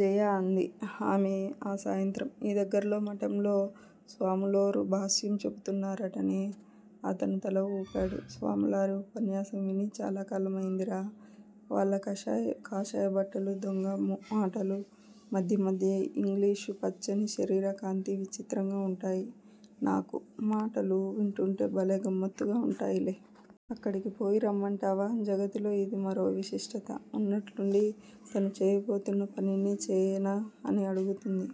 జయా! అంది ఆమె ఆ సాయంత్రం. ఈ దగ్గరలో మఠంలో స్వాములారు భాష్యం చెబుతున్నారటనే. అతను తల వూపాడు. స్వాములారి ఉపన్యాసం విని చాలాకాలమయిందిరా. వాళ్ళ కాషాయ బట్టలూ, దొంగమాటలూ, మధ్యమధ్య యింగ్లీషూ, పచ్చని శరీరకాంతీ విచిత్రంగా వుంటాయి నాకు. మాటలు వింటూంటే భలే గమ్మత్తుగా వుంటాయిలే. అక్కడికి పోయిరమ్మంటావా? జగతిలో యిది మరో విశిష్టత. ఉన్నట్లుండి తను చేయబోతున్న పనినే చేయనా అని అడుగుతుంది.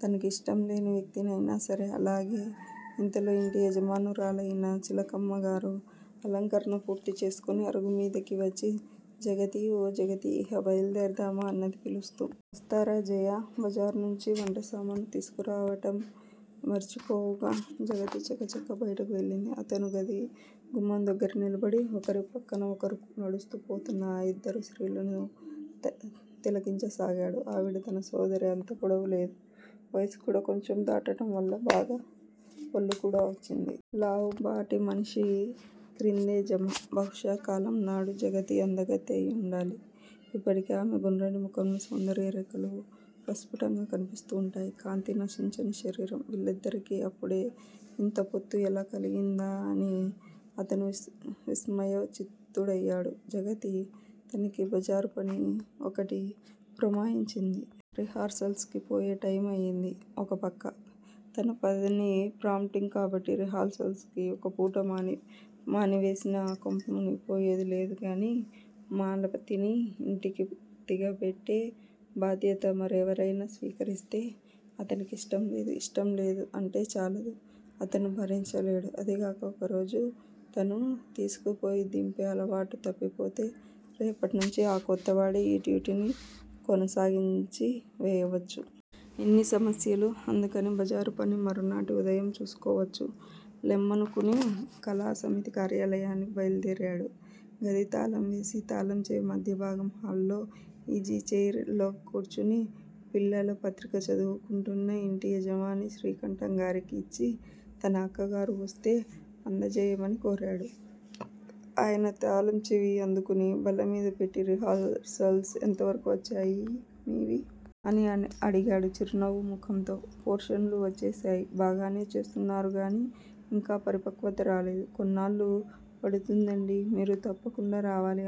తనకి యిష్టంలేని వ్యక్తినైనాసరే. అలాగే ఇంతలో యింటి యజమానురాలయిన చిలకమ్మగారు అలంకరణ పూర్తి చేసుకుని అరుగుమీదికి వచ్చి జగతీ! ఓ జగతీ! ఇహ బయల్దేరుదామా? అన్నది పిలుస్తూ. వస్తారా జయా! బజారునుంచి వంటసామాను తీసుకురావటం మరిచిపోవుగా? జగతి చకచకా బయటకు వెళ్ళింది. అతను గదిగుమ్మం దగ్గర నిలబడి ఒకరి ప్రక్కన ఒకరు నడుస్తూ పోతున్న ఆ యిద్దరు స్త్రీలనూ తిలకించసాగాడు. ఆవిడ తన సోదరి అంత పొడవులేదు. వయసుకూడా కొంచెం దాటటంవల్ల బాగా వళ్లుకూడా వచ్చింది. లావుపాటి మనిషిక్రిందే జమ. బహుశా కాలంనాడు జగతి అందగత్తె అయివుండాలి. ఇప్పటికి ఆమె గుండ్రని ముఖంలో సౌందర్యరేఖలు ప్రస్ఫుటంగా కనిపిస్తూ వుంటాయి. కాంతి నశించని శరీరం. వీళ్ళిద్దరికీ అప్పుడే యింత పొత్తు ఎలా కలిగిందా అని అతను విస్మయచిత్తుడయాడు. జగతి తనకి బజారుపని ఒకటి పురమాయించింది. రిహార్సల్సుకి పోయే టైము అయింది ఒకప్రక్క. తనపని ప్రాంప్టింగ్ కాబట్టి రిహార్సల్సుకి ఒకపూట మానివేసినా కొంప మునిగిపోయేది లేదుగాని, మాలతిని యింటికి దిగబెట్టే బాధ్యత మరెవరైనా స్వీకరిస్తే? అతనికి యిష్టంలేదు. ఇష్టంలేదు అంటే చాలదు. అతను భరించలేడు. అదిగాక ఒకరోజు తను తీసుకుపోయి దింపే అలవాటు తప్పిపోతే, రేపటినుంచీ ఆ కొత్తవాడే ఈ డ్యూటీని కొనసాగించివేయవచ్చు. ఎన్ని సమస్యలూ. అందుకని బజారుపని మరునాటి ఉదయం చూసుకోవచ్చు లెమ్మనుకుని కళాసమితి కార్యాలయానికి బయలుదేరాడు. గది తాళంవేసి, తాళంచెవి మధ్యభాగం హాల్లో యీజీచైర్ లో కూర్చుని పిల్లల పత్రిక చదువుకుంటూన్న యింటియజమాని శ్రీకంఠంగారికి యిచ్చి తన అక్కగారు వొస్తే అందజెయ్యమని కోరాడు. ఆయన తాళంచెవి అందుకుని బల్లమీదపెట్టి రిహార్సల్స్ ఎంతవరకూ వచ్చాయి మీవి? అని అడిగాడు చిరునవ్వు ముఖంతో. పోర్షన్లు వచ్చేశాయి. బాగానే చేస్తున్నారుగానీ యింకా పరిపక్వత రాలేదు. కొన్నాళ్ళు పడుతుందండీ. మీరు తప్పకుండా రావాలి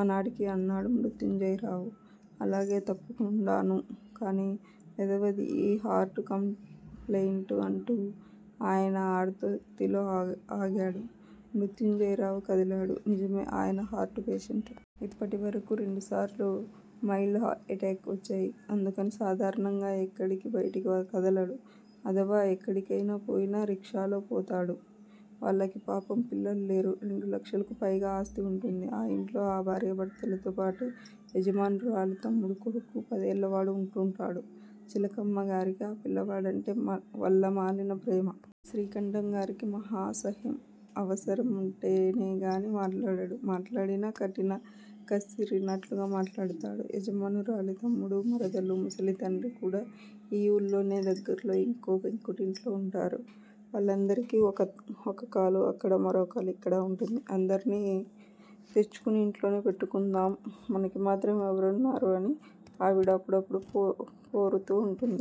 ఆనాటికి అన్నాడు మృత్యుంజయరావు. అలాగే తప్పకుండానూ, కాని వెధవది ఈ హార్టుకంప్లెయింటు అంటూ ఆయన ఆర్దోక్తిలో ఆగాడు. మృత్యుంజయరావు కదిలాడు. నిజమే, ఆయన హార్టు పేషెంటు. ఇప్పటివరకూ రెండుసార్లు మైల్డ్ ఎటాక్స్ వచ్చాయి. అందుకని సాధారణంగా ఎక్కడికీ బయటికి కదలడు. అధవా ఎక్కడికైనా పోయినా రిక్షాలో పోతాడు. వాళ్ళకి పాపం పిల్లలులేరు. రెండులక్షలకు పైగా ఆస్తివుంటుంది. ఆ యింట్లో ఆ భార్యాభర్తలతోపాటు యజమానురాలి తమ్ముడి కొడుకు పదేళ్ళవాడు వుంటూంటాడు. చిలకమ్మగారికి ఆ పిల్లవాడంటే వల్లమాలిన ప్రేమ. శ్రీకంఠంగారికి మహా అసహ్యం. అవసరం వుంటేనేగాని మాట్లాడడు. మాట్లాడినా కసిరినట్లుగా మాట్లాడతాడు. యజమానురాలి తమ్ముడూ, మరదలూ, ముసలితండ్రికూడా యీ ఊళ్ళోనే దగ్గర్లో యింకో పెంకుటింట్లో వుంటారు. వాళ్ళందరికీ ఒకకాలు అక్కడా, మరోకాలు యిక్కడా వుంటుంది. అందర్నీ తెచ్చుకుని యింట్లోనే పెట్టుకుందాం, మనకిమాత్రం ఎవరున్నారు? అని ఆవిడ అప్పుడప్పుడూ పోరుతూ వుంటుంది.